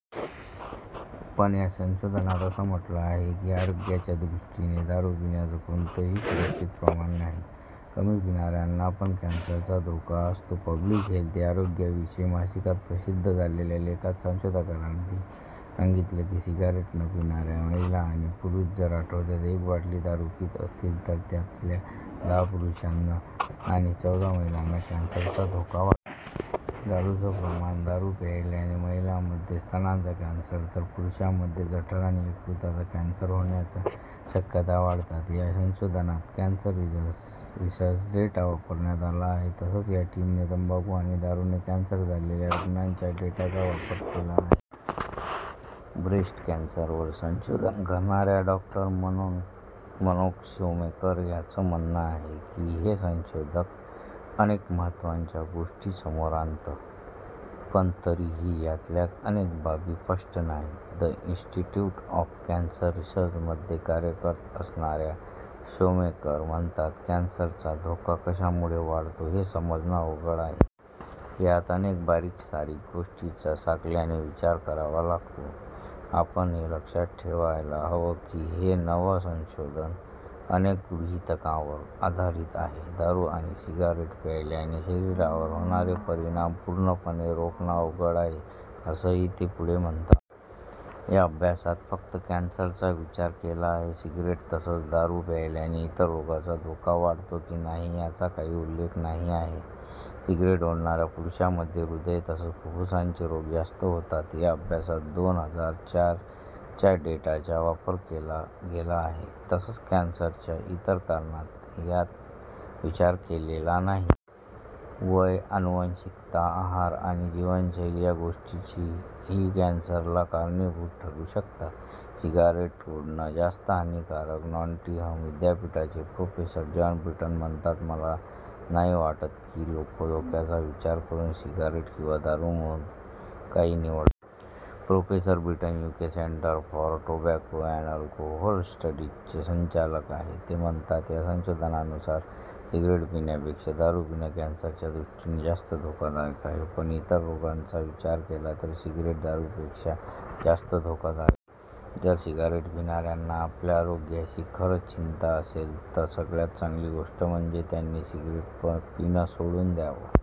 पण या संशोधनात असं म्हटलं आहे की आरोग्याच्या दृष्टीने दारू पिण्याचं कोणतंही सुरक्षित प्रमाण नाही. कमी पिणाऱ्यांना पण कॅन्सरचा धोका असतो. ' पब्लिक हेल्थ' या आरोग्यविषयक मासिकात प्रसिद्ध झालेल्या लेखात संशोधनकर्त्यांनी सांगितलं की सिगारेट न पिणाऱ्या महिला आणि पुरुष जर आठवड्याला एक बाटली दारू पीत असतील तर त्यातल्या दहा पुरुषांना आणि चौदा महिलांना कॅन्सरचा धोका वाढतो. दारूचं प्रमाण दारू प्यायल्याने महिलांमध्ये स्तनाचा कॅन्सर तर पुरुषांमध्ये जठर आणि यकृताचा कॅन्सर होण्याच्या शक्यता वाढतात. या संशोधनात कॅन्सर रिसर्च डेटा वापरण्यात आला आहे. तसंच या टीमने तंबाखू आणि दारूने कॅन्सर झालेल्या रुग्णांच्या डेटाचा वापर केला आहे. ब्रेस्ट कॅन्सरवर संशोधन करणाऱ्या डॉ. मिनोक शोमेकर यांचं म्हणणं आहे की हे संशोधन अनेक महत्त्वाच्या गोष्टी समोर आणतं. पण तरीही यातल्या अनेक बाबी स्पष्ट नाहीत. 'द इंस्टिस्ट्यूट ऑफ कॅन्सर रिसर्च'मध्ये कार्यरत असणाऱ्या शोमेकर म्हणतात कॅन्सरचा धोका कशामुळे वाढतो हे समजणं अवघड आहे. यात अनेक बारीकसारीक गोष्टींचा साकल्याने विचार करावा लागतो. आपण हे लक्षात ठेवायला हवं की हे नवं संशोधन अनेक गृहितकांवर आधारित आहे. दारू आणि सिगारेट प्यायल्याने शरीरावर होणारे परिणाम पूर्णपणे रोखणं अवघड आहे, असंही ते पुढे म्हणतात. या अभ्यासात फक्त कॅन्सरचा विचार केला आहे. सिगरेट तसंच दारू प्यायल्याने इतर रोगांचा धोका वाढतो की नाही याचा काही उल्लेख नाही आहे. सिगरेट ओढणाऱ्या पुरुषांमध्ये हृदय तसंच फुफ्फुसाचे रोग जास्त होतात. या अभ्यासात दोन हजार चार च्या डेटाचा वापर केला गेला आहे तसंच कॅन्सरच्या इतर कारणांचा यात विचार केलेला नाही. वय, आनुवांशिकता, आहार आणि जीवनशैली या गोष्टीही कॅन्सरला कारणीभूत ठरू शकतात. सिगारेट ओढणं जास्त हानिकारक नॉटिंहम विद्यापीठाचे प्रोफेसर जॉन ब्रिटन म्हणतात मला नाही वाटत की लोक धोक्याचा विचार करून सिगारेट किंवा दारूमधून काही निवडतात. Professor Britton UK centre for tobacco and alcohol स्टडीजचे संचालक आहेत. ते म्हणतात या संशोधनानुसार सिगरेट पिण्यापेक्षा दारू पिणं कॅन्सरच्या दृष्टीने जास्त धोकादायक आहे, पण इतर रोगांचा विचार केला तर सिगरेट दारूपेक्षा जास्त धोकादायक आहे. जर सिगारेट पिणाऱ्यांना आपल्या आरोग्याची खरंच चिंता असेल तर सगळ्यात चांगली गोष्ट म्हणजे त्यांनी सिगरेट पिणं सोडून द्यावं.